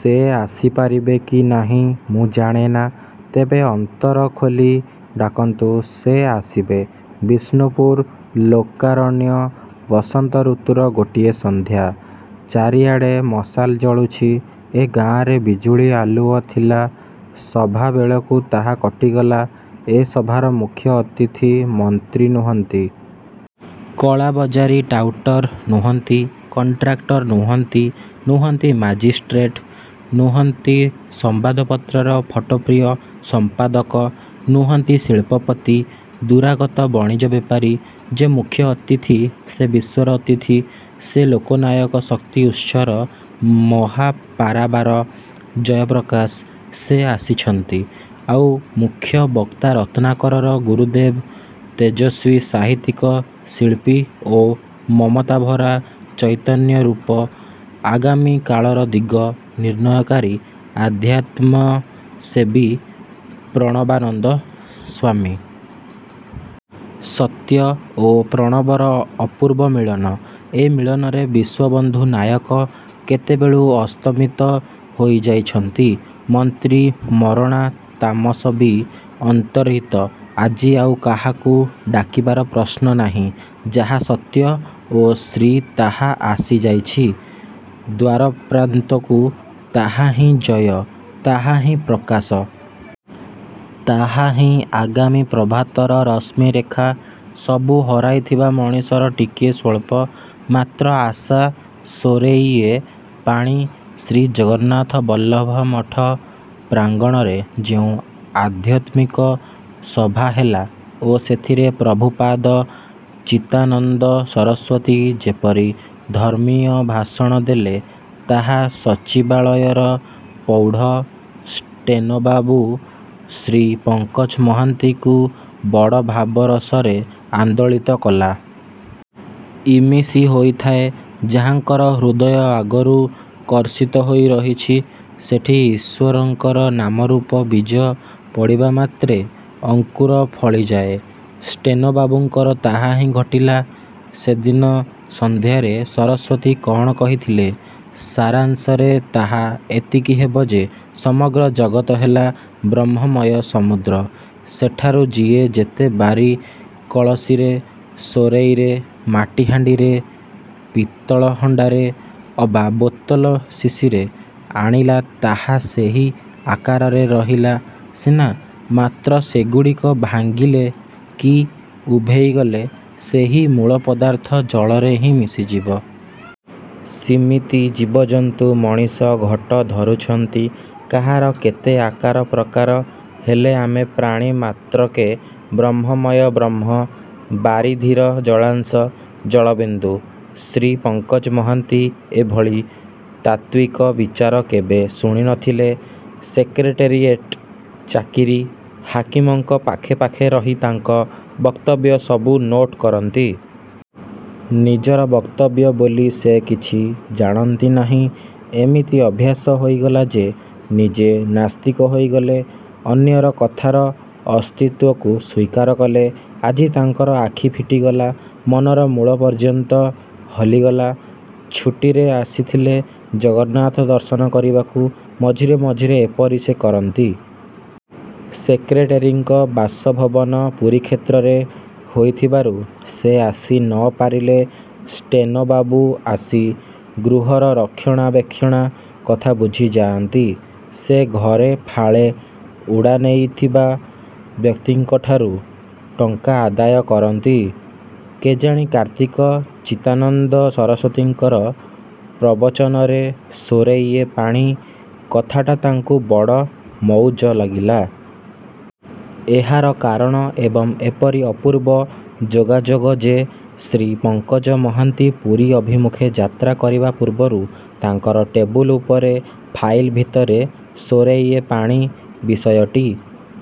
ସେ ଆସିପାରିବେ କି ନାହିଁ ମୁଁ ଜାଣେନା, ତେବେ ଅନ୍ତର ଖୋଲି ଡାକନ୍ତୁ, ସେ ଆସିବେ। ବିଷ୍ଣୁପୁର ଲୋକାରଣ୍ୟ- ବସନ୍ତ ଋତୁର ଗୋଟିଏ ସନ୍ଧ୍ୟା। ଚାରିଆଡେ଼ ମସାଲ ଜଳୁଛି- ଏ ଗାଁରେ ବିଜୁଳି ଆଲୁଅ ଥିଲା, ସଭା ବେଳକୁ ତାହା କଟିଗଲା। ଏ ସଭାର ମୁଖ୍ୟ ଅତିଥି ମନ୍ତ୍ରୀ ନୁହଁନ୍ତି। କଳାବଜାରୀ ଟାଉଟର। ନୁହଁନ୍ତି। କଣ୍ଟ୍ରାକ୍ଟର ନୁହଁନ୍ତି। ନୁହଁନ୍ତି ମାଜିଷ୍ଟ୍ରେଟ-। ନୁହଁନ୍ତି ସମ୍ବାଦପତ୍ରର ଫଟୋପ୍ରିୟ ସମ୍ପାଦକ। ନୁହନ୍ତି ଶିଳ୍ପପତି, ଦୂରାଗତ ବଣିଜ ବେପାରୀ- ଯେ ମୁଖ୍ୟ ଅତିଥି, ସେ ବିଶ୍ୱର ଅତିଥି, ସେ ଲୋକନାୟକ- ଶକ୍ତି ଉତ୍ସର ମହା ପାରାବାର- "ଜୟପ୍ରକାଶ"। ସେ ଆସିଛନ୍ତି। ଆଉ ମୁଖ୍ୟ ବକ୍ତା ରତ୍ନାକରର ଗୁରୁଦେବ, ତେଜସ୍ଵୀ ସାହିତ୍ୟିକ, ଶିଳ୍ପୀ ଓ ମମତାଭରା ଚୈତନ୍ୟରୂପ, ଆଗାମୀ କାଳର ଦିଗ ନିର୍ଣ୍ଣୟକାରୀ ଆଧ୍ୟାତ୍ମ୍ୟସେବୀ ପ୍ରଣବାନନ୍ଦ ସ୍ୱାମୀ। ସତ୍ୟ ଓ ପ୍ରଣବର ଅପୂର୍ବ ମିଳନ! ଏ ମିଳନରେ ବିଶ୍ଵବନ୍ଧୁ ନାୟକ କେତେବେଳୁ ଅସ୍ତମିତ ହୋଇଯାଇଛନ୍ତି। ମନ୍ତ୍ରୀ-ମରଣା-ତାମସ ବି ଅନ୍ତର୍ହିତ। ଆଜି ଆଉ "କାହାକୁ ଡାକିବା"ର ପ୍ରଶ୍ନ ନାହିଁ। ଯାହା ସତ୍ୟ ଓ ଶ୍ରୀ, ତାହା ଆସିଯାଇଛି ଦ୍ଵାରପ୍ରାନ୍ତକୁ ତାହାହିଁ ଜୟ; ତାହା ହିଁ ପ୍ରକାଶ। ତାହାହିଁ ଆଗାମୀ ପ୍ରଭାତର ରଶ୍ମୀରେଖା- ସବୁ ହରାଇଥିବା ମଣିଷର ଟିକିଏ ସ୍ୱଳ୍ପ- ମାତ୍ର ଆଶା- ସୋରେଇଏ ପାଣି ଶ୍ରୀଜଗନ୍ନାଥବଲ୍ଲଭ ମଠ ପ୍ରାଙ୍ଗଣରେ ଯେଉଁ ଆଧ୍ୟତ୍ମିକ ସଭା ହେଲା ଓ ସେଥିରେ ପ୍ରଭୁପାଦ ଚିଦାନନ୍ଦ ସରସ୍ୱତୀ ଯେପରି ଧର୍ମୀୟ ଭାଷଣ ଦେଲେ, ତାହା ସଚିବାଳୟର ପୌଢ଼ ଷ୍ଟେନୋବାବୁ ଶ୍ରୀ ପଙ୍କଜ ମହାନ୍ତିକୁ ବଡ଼ ଭାବ-ରସରେ ଆନ୍ଦୋଳିତ କଲା। ଇମିତି ହୋଇଥାଏ। ଯାହାଙ୍କର ହୃଦୟ ଆଗରୁ କର୍ଷିତହୋଇ ରହିଛି, ସେଠୀ ଈଶ୍ୱରଙ୍କର ନାମରୂପ ବୀଜ ପଡ଼ିବାମାତ୍ରେ ଅଙ୍କୁର ଫଳିଯାଏ। ଷ୍ଟେନୋବାବୁଙ୍କର ତାହାହିଁ ଘଟିଲା। ସେଦିନ ସନ୍ଧ୍ୟାରେ ସରସ୍ୱତୀ କଣ କହିଥିଲେ, ସାରାଂଶରେ ତାହା ଏତିକି ହେବ ଯେ, ସମଗ୍ର ଜଗତ ହେଲା ବ୍ରହ୍ମମୟ ସମୁଦ୍ର। ସେଠାରୁ ଯିଏ ଯେତେ ବାରି କଳସୀରେ, ସୋରେଇରେ, ମାଟି ହାଣ୍ଡିରେ, ପିତଳ ହଣ୍ଡାରେ ଅବା ବୋତଲ ଶିଶିରେ ଆଣିଲା, ତାହା ସେହି ଆକାରରେ ରହିଲା ସିନା; ମାତ୍ର ସେଗୁଡ଼ିକ ଭାଙ୍ଗିଲେ କି ଉଭେଇଗଲେ ସେହି ମୂଳ ପଦାର୍ଥ ଜଳରେ ହିଁ ମିଶିଯିବ। ସିମିତି ଜୀବଜନ୍ତୁ ମଣିଷ ଘଟ ଧରୁଛନ୍ତି। କାହାର କେତେ ଆକାର ପ୍ରକାର, ହେଲେ ଆମେ ପ୍ରାଣୀ ମାତ୍ରକେ ବ୍ରହ୍ମମୟ, ବ୍ରହ୍ମ। ବାରିଧିର ଜଳାଂଶ ଜଳବିନ୍ଦୁ। ଶ୍ରୀ ପଙ୍କଜ ମହାନ୍ତି ଏଭଳି ତାତ୍ୱିକ ବିଚାର କେବେ ଶୁଣିନଥିଲେ। ସେକ୍ରେଟେରିଏଟ ଚାକିରୀ, ହାକିମଙ୍କ ପାଖେ ପାଖେ ରହି ତାଙ୍କ ବକ୍ତବ୍ୟ ସବୁ ନୋଟ୍ କରନ୍ତି। ନିଜର ବକ୍ତବ୍ୟ ବୋଲି ସେ କିଛି ଜାଣନ୍ତି ନାହିଁ। ଏମିତି ଅଭ୍ୟାସ ହୋଇଗଲା ଯେ, ନିଜେ ନାସ୍ତିକ ହୋଇଗଲେ, ଅନ୍ୟର କଥାର ଅସ୍ତିତ୍ଵକୁ ସ୍ଵୀକାର କଲେ। ଆଜି ତାଙ୍କର ଆଖି ଫିଟିଗଲା। ମନର ମୂଳପର୍ଯ୍ୟନ୍ତ ହଲିଗଲା! ଛୁଟିରେ ଆସିଥିଲେ ଜଗନ୍ନାଥ ଦର୍ଶନ କରିବାକୁ। ମଝିରେ ମଝିରେ ଏପରି ସେ କରନ୍ତି। ସେକ୍ରେଟେରୀଙ୍କ ବାସଭବନ ପୁରୀକ୍ଷେତ୍ରରେ ହୋଇଥିବାରୁ, ସେ ଆସି ନ ପାରିଲେ ଷ୍ଟେନୋବାବୁ ଆସି ଗୃହର ରକ୍ଷଣାବେକ୍ଷଣା କଥା ବୁଝିଯାଆନ୍ତି। ସେ ଘରେ ଫାଳେ ଉଡ଼ାନେଇଥିବା ବ୍ୟକ୍ତିଙ୍କଠାରୁ ଟଙ୍କା ଆଦାୟ କରନ୍ତି। କେଜାଣି କାର୍ତ୍ତିକ ଚିଦାନନ୍ଦ ସରସ୍ଵତୀଙ୍କର ପ୍ରବଚନରେ "ସୋରେଇଏ ପାଣି "କଥାଟା ତାଙ୍କୁ ବଡ଼ ମଉଜ ଲାଗିଲା। ଏହାର କାରଣ ଏବଂ ଏପରି ଅପୂର୍ବ ଯୋଗାଯୋଗ ଯେ, ଶ୍ରୀ ପଙ୍କଜ ମହାନ୍ତି ପୁରୀ ଅଭିମୁଖେ ଯାତ୍ରା କରିବା ପୂର୍ବରୁ ତାଙ୍କର ଟେବୁଲ ଉପରେ, ଫାଇଲ ଭିତରେ 'ସୋରେଇଏ ପାଣି' ବିଷୟଟି